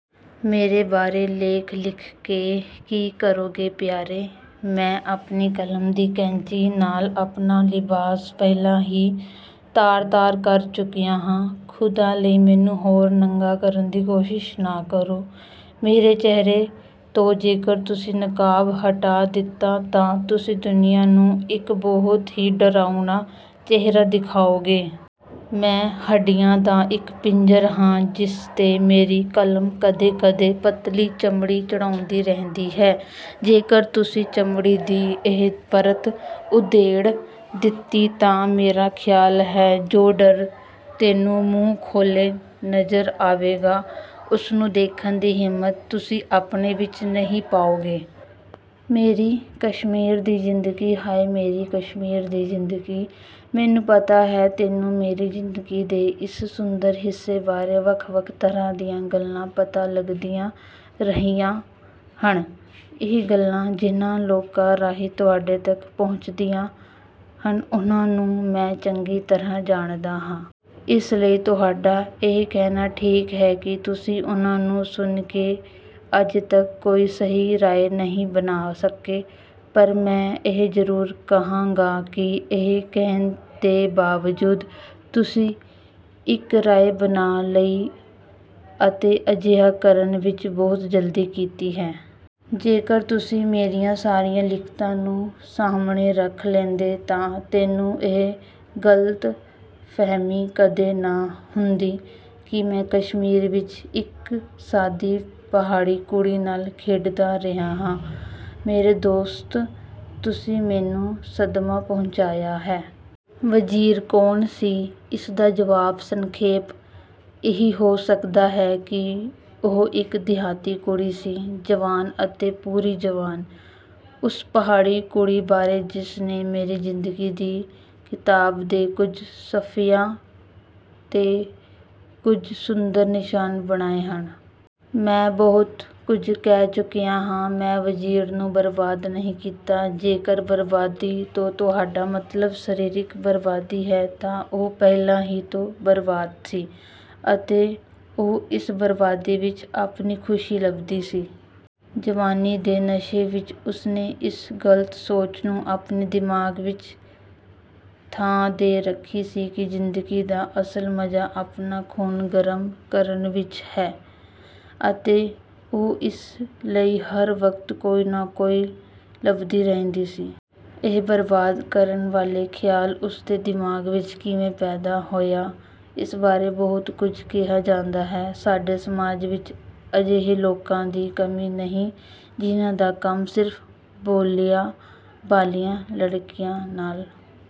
ਮੇਰੇ ਬਾਰੇ ਲੇਖ ਲਿਖ ਕੇ ਕੀ ਕਰੋਗੇ ਪਿਆਰੇ! ਮੈਂ ਆਪਣੀ ਕਲਮ ਦੀ ਕੈਂਚੀ ਨਾਲ਼ ਆਪਣਾ ਲਿਬਾਸ ਪਹਿਲਾਂ ਹੀ ਤਾਰ-ਤਾਰ ਕਰ ਚੁੱਕਿਆ ਹਾਂ। ਖ਼ੁਦਾ ਲਈ ਮੈਨੂੰ ਹੋਰ ਨੰਗਾ ਕਰਨ ਦੀ ਕੋਸ਼ਿਸ਼ ਨਾ ਕਰੋ। ਮੇਰੇ ਚਿਹਰੇ ਤੋਂ ਜੇਕਰ ਤੁਸੀਂ ਨਕਾਬ ਹਟਾ ਦਿੱਤਾ ਤਾਂ ਤੁਸੀਂ ਦੁਨੀਆ ਨੂੰ ਇੱਕ ਬਹੁਤ ਹੀ ਡਰਾਉਣਾ ਚਿਹਰਾ ਦਿਖਾਓਗੇ। ਮੈਂ ਹੱਡੀਆਂ ਦਾ ਇੱਕ ਪਿੰਜਰ ਹਾਂ ਜਿਸ ਤੇ ਮੇਰੀ ਕਲਮ ਕਦੇ-ਕਦੇ ਪਤਲੀ ਚਮੜੀ ਚੜ੍ਹਾਉਂਦੀ ਰਹਿੰਦੀ ਹੈ। ਜੇਕਰ ਤੁਸੀਂ ਚਮੜੀ ਦੀ ਇਹ ਪਰਤ ਉਧੇੜ ਦਿੱਤੀ ਤਾਂ ਮੇਰਾ ਖ਼ਿਆਲ ਹੈ ਜੋ ਡਰ ਤੈਨੂੰ ਮੂੰਹ ਖੋਲ੍ਹੇ ਨਜ਼ਰ ਆਵੇਗਾ, ਉਸਨੂੰ ਦੇਖਣ ਦੀ ਹਿੰਮਤ ਤੁਸੀਂ ਆਪਣੇ ਵਿੱਚ ਨਹੀਂ ਪਾਓਗੇ। ਮੇਰੀ ਕਸ਼ਮੀਰ ਦੀ ਜ਼ਿੰਦਗੀ, ਹਾਏ ਮੇਰੀ ਕਸ਼ਮੀਰ ਦੀ ਜ਼ਿੰਦਗੀ! ਮੈਨੂੰ ਪਤਾ ਹੈ ਤੈਨੂੰ ਮੇਰੀ ਜ਼ਿੰਦਗੀ ਦੇ ਇਸ ਸੁੰਦਰ ਹਿੱਸੇ ਬਾਰੇ ਵੱਖ-ਵੱਖ ਤਰ੍ਹਾਂ ਦੀਆਂ ਗੱਲਾਂ ਪਤਾ ਲੱਗਦੀਆਂ ਰਹੀਆਂ ਹਨ। ਇਹ ਗੱਲਾਂ ਜਿਨ੍ਹਾਂ ਲੋਕਾਂ ਰਾਹੀਂ ਤੁਹਾਡੇ ਤੱਕ ਪਹੁੰਚਦੀਆਂ ਹਨ, ਉਨ੍ਹਾਂ ਨੂੰ ਮੈਂ ਚੰਗੀ ਤਰ੍ਹਾਂ ਜਾਣਦਾ ਹਾਂ। ਇਸ ਲਈ ਤੁਹਾਡਾ ਇਹ ਕਹਿਣਾ ਠੀਕ ਹੈ ਕਿ ਤੁਸੀਂ ਉਨ੍ਹਾਂ ਨੂੰ ਸੁਣ ਕੇ ਅਜੇ ਤੱਕ ਕੋਈ ਸਹੀ ਰਾਏ ਨਹੀਂ ਬਣਾ ਸਕੇ। ਪਰ ਮੈਂ ਇਹ ਜ਼ਰੂਰ ਕਹਾਂਗਾ ਕਿ ਇਹ ਕਹਿਣ ਦੇ ਬਾਵਜੂਦ ਤੁਸੀਂ ਇੱਕ ਰਾਏ ਬਣਾ ਲਈ ਅਤੇ ਅਜਿਹਾ ਕਰਨ ਵਿੱਚ ਬਹੁਤ ਜਲਦੀ ਕੀਤੀ ਹੈ। ਜੇਕਰ ਤੁਸੀਂ ਮੇਰੀਆਂ ਸਾਰੀਆਂ ਲਿਖਤਾਂ ਨੂੰ ਸਾਹਮਣੇ ਰੱਖ ਲੈਂਦੇ ਤਾਂ ਤੈਨੂੰ ਇਹ ਗਲਤਫਹਿਮੀ ਕਦੇ ਨਾ ਹੁੰਦੀ ਕਿ ਮੈਂ ਕਸ਼ਮੀਰ ਵਿੱਚ ਇੱਕ ਸਾਦੀ ਪਹਾੜੀ ਕੁੜੀ ਨਾਲ਼ ਖੇਡਦਾ ਰਿਹਾ ਹਾਂ। ਮੇਰੇ ਦੋਸਤ ਤੁਸੀਂ ਮੈਨੂੰ ਸਦਮਾ ਪਹੁੰਚਾਇਆ ਹੈ। ਵਜ਼ੀਰ ਕੌਣ ਸੀ? ਇਸਦਾ ਜਵਾਬ ਸੰਖੇਪ ਇਹੀ ਹੋ ਸਕਦਾ ਹੈ ਕਿ ਉਹ ਇੱਕ ਦਿਹਾਤੀ ਕੁੜੀ ਸੀ। ਜਵਾਨ ਅਤੇ ਪੂਰੀ ਜਵਾਨ! ਉਸ ਪਹਾੜੀ ਕੁੜੀ ਬਾਰੇ ਜਿਸ ਨੇ ਮੇਰੀ ਜ਼ਿੰਦਗੀ ਦੀ ਕਿਤਾਬ ਦੇ ਕੁੱਝ ਸਫਿਆਂ ਤੇ ਕੁਝ ਸੁੰਦਰ ਨਿਸ਼ਾਨ ਬਣਾਏ ਹਨ। ਮੈਂ ਬਹੁਤ ਕੁੱਝ ਕਹਿ ਚੁੱਕਿਆ ਹਾਂ। ਮੈਂ ਵਜ਼ੀਰ ਨੂੰ ਬਰਬਾਦ ਨਹੀਂ ਕੀਤਾ। ਜੇਕਰ 'ਬਰਬਾਦੀ' ਤੋਂ ਤੁਹਾਡਾ ਮਤਲਬ 'ਸਰੀਰਕ ਬਰਬਾਦੀ' ਹੈ ਤਾਂ ਉਹ ਪਹਿਲਾਂ ਹੀ ਤੋਂ ਬਰਬਾਦ ਸੀ, ਅਤੇ ਉਹ ਇਸ ਬਰਬਾਦੀ ਵਿੱਚ ਆਪਣੀ ਖ਼ੁਸ਼ੀ ਲੱਭਦੀ ਸੀ। ਜਵਾਨੀ ਦੇ ਨਸ਼ੇ ਵਿੱਚ ਉਸਨੇ ਇਸ ਗ਼ਲਤ ਸੋਚ ਨੂੰ ਆਪਣੇ ਦਿਮਾਗ਼ ਵਿੱਚ ਥਾਂ ਦੇ ਰੱਖੀ ਸੀ ਕਿ ਜ਼ਿੰਦਗੀ ਦਾ ਅਸਲ ਮਜ਼ਾ ਆਪਣਾ ਖ਼ੂਨ ਗਰਮ ਕਰਨ ਵਿੱਚ ਹੈ, ਅਤੇ ਉਹ ਇਸ ਲਈ ਹਰ ਵਕਤ ਕੋਈ ਨਾ ਕੋਈ ਲੱਭਦੀ ਰਹਿੰਦੀ ਸੀ। ਇਹ ਬਰਬਾਦ ਕਰਨ ਵਾਲੇ ਖਿਆਲ ਉਸਦੇ ਦਿਮਾਗ਼ ਵਿੱਚ ਕਿਵੇਂ ਪੈਦਾ ਹੋਇਆ, ਇਸ ਬਾਰੇ ਬਹੁਤ ਕੁੱਝ ਕਿਹਾ ਜਾਂਦਾ ਹੈ। ਸਾਡੇ ਸਮਾਜ ਵਿੱਚ ਅਜਿਹੇ ਲੋਕਾਂ ਦੀ ਕਮੀ ਨਹੀਂ ਜਿਨ੍ਹਾਂ ਦਾ ਕੰਮ ਸਿਰਫ ਭੋਲੀਆਂ-ਭਾਲੀਆਂ ਲੜਕੀਆਂ ਨਾਲ